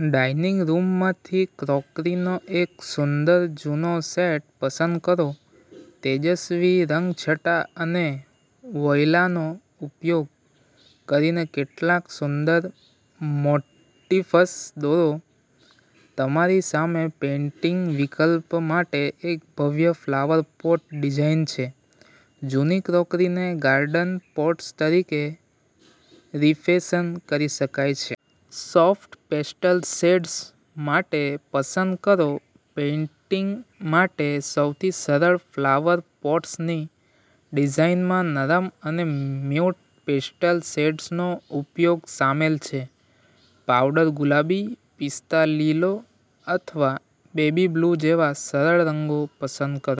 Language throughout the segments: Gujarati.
ડાઇનિંગ રૂમમાંથી ક્રોકરીનો એક સુંદર જૂનો સેટ પસંદ કરો, તેજસ્વી રંગછટા અને વોઇલાનો ઉપયોગ કરીને કેટલાક સુંદર મોટિફ્સ દોરો! તમારી સામે પેઇન્ટિંગ વિકલ્પ માટે એક ભવ્ય ફ્લાવર પોટ ડિઝાઇન છે. જૂની ક્રોકરીને ગાર્ડન પોટ્સ તરીકે રિફેશન કરી શકાય છે. સોફ્ટ પેસ્ટલ શેડ્સ માટે પસંદ કરો પેઇન્ટિંગ માટે સૌથી સરળ ફ્લાવર પોટ્સની ડિઝાઇનમાં નરમ અને મ્યૂટ પેસ્ટલ શેડ્સનો ઉપયોગ શામેલ છે. પાવડર ગુલાબી, પિસ્તા લીલો અથવા બેબી બ્લુ જેવા સરળ રંગો પસંદ કરો.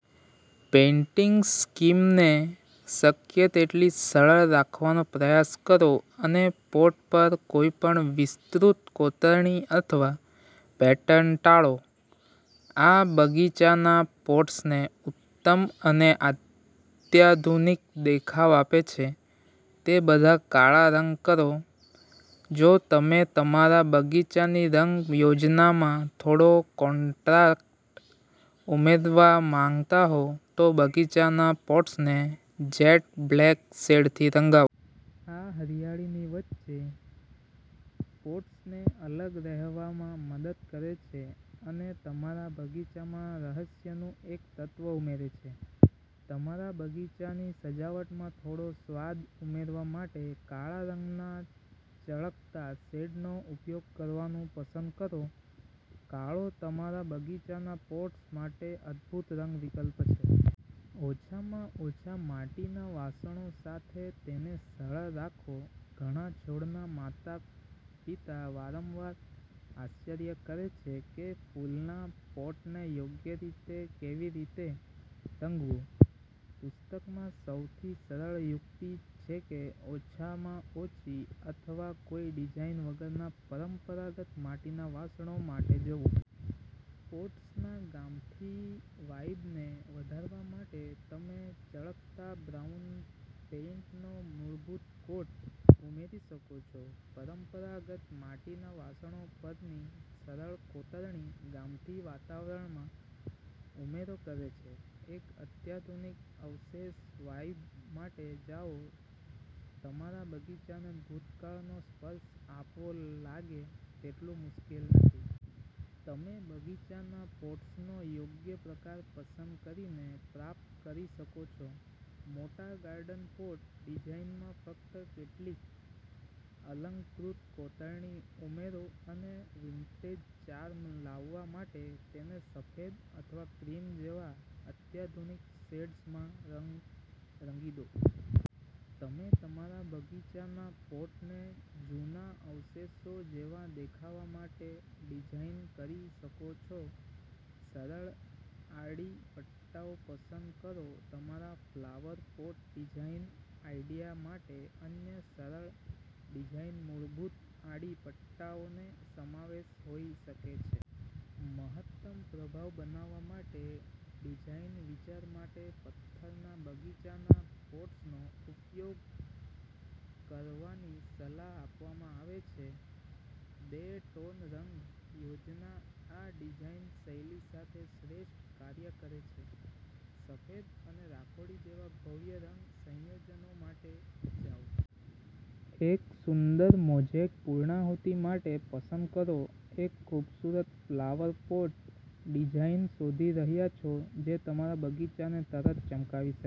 પેઇન્ટિંગ સ્કીમને શક્ય તેટલી સરળ રાખવાનો પ્રયાસ કરો અને પોટ પર કોઈપણ વિસ્તૃત કોતરણી અથવા પેટર્ન ટાળો. આ બગીચાના પોટ્સને ઉત્તમ અને અત્યાધુનિક દેખાવ આપે છે. તે બધા કાળા રંગ કરો જો તમે તમારા બગીચાની રંગ યોજનામાં થોડો કોન્ટ્રાસ્ટ ઉમેરવા માંગતા હો, તો બગીચાના પોટ્સને જેટ બ્લેક શેડથી રંગાવો. આ હરિયાળીની વચ્ચે પોટ્સને અલગ રહેવામાં મદદ કરે છે અને તમારા બગીચામાં રહસ્યનું એક તત્વ ઉમેરે છે. તમારા બગીચાની સજાવટમાં થોડો સ્વાદ ઉમેરવા માટે કાળા રંગના ચળકતા શેડનો ઉપયોગ કરવાનું પસંદ કરો. કાળો તમારા બગીચાના પોટ્સ માટે અદભૂત રંગ વિકલ્પ છે. ઓછામાં ઓછા માટીના વાસણો સાથે તેને સરળ રાખો ઘણા છોડના માતાપિતા વારંવાર આશ્ચર્ય કરે છે કે ફૂલના પોટને યોગ્ય રીતે કેવી રીતે રંગવું. પુસ્તકમાં સૌથી સરળ યુક્તિ છે કે ઓછામાં ઓછી અથવા કોઈ ડિઝાઇન વગરના પરંપરાગત માટીના વાસણો માટે જવું. પોટ્સના ગામઠી વાઇબને વધારવા માટે તમે ચળકતા બ્રાઉન પેઇન્ટનો મૂળભૂત કોટ ઉમેરી શકો છો. પરંપરાગત માટીના વાસણો પરની સરળ કોતરણી ગામઠી વાતાવરણમાં ઉમેરો કરે છે. એક અત્યાધુનિક અવશેષ વાઇબ માટે જાઓ તમારા બગીચાને ભૂતકાળનો સ્પર્શ આપવો લાગે તેટલું મુશ્કેલ નથી. તમે બગીચાના પોટ્સનો યોગ્ય પ્રકાર પસંદ કરીને પ્રાપ્ત કરી શકો છો. મોટા ગાર્ડન પોટ ડિઝાઇનમાં ફક્ત કેટલીક અલંકૃત કોતરણી ઉમેરો અને વિન્ટેજ ચાર્મ લાવવા માટે તેને સફેદ અથવા ક્રીમ જેવા અત્યાધુનિક શેડ્સમાં રંગી દો. તમે તમારા બગીચાના પોટને જૂના અવશેષો જેવા દેખાવા માટે ડિઝાઇન કરી શકો છો. સરળ આડી પટ્ટાઓ પસંદ કરો તમારા ફ્લાવર પોટ ડિઝાઇન આઇડિયા માટે અન્ય સરળ ડિઝાઇન મૂળભૂત આડી પટ્ટાઓનો સમાવેશ હોઈ શકે છે. મહત્તમ પ્રભાવ બનાવવા માટે ડિઝાઇન વિચાર માટે પથ્થરના બગીચાના પોટ્સનો ઉપયોગ કરવાની સલાહ આપવામાં આવે છે. બે-ટોન રંગ યોજના આ ડિઝાઇન શૈલી સાથે શ્રેષ્ઠ કાર્ય કરે છે. સફેદ અને રાખોડી જેવા ભવ્ય રંગ સંયોજનો માટે જાઓ. એક સુંદર મોઝેક પૂર્ણાહુતિ માટે પસંદ કરો એક ખૂબસૂરત ફ્લાવર પોટ ડિઝાઇન શોધી રહ્યાં છો જે તમારા બગીચાને તરત ચમકાવી શકે?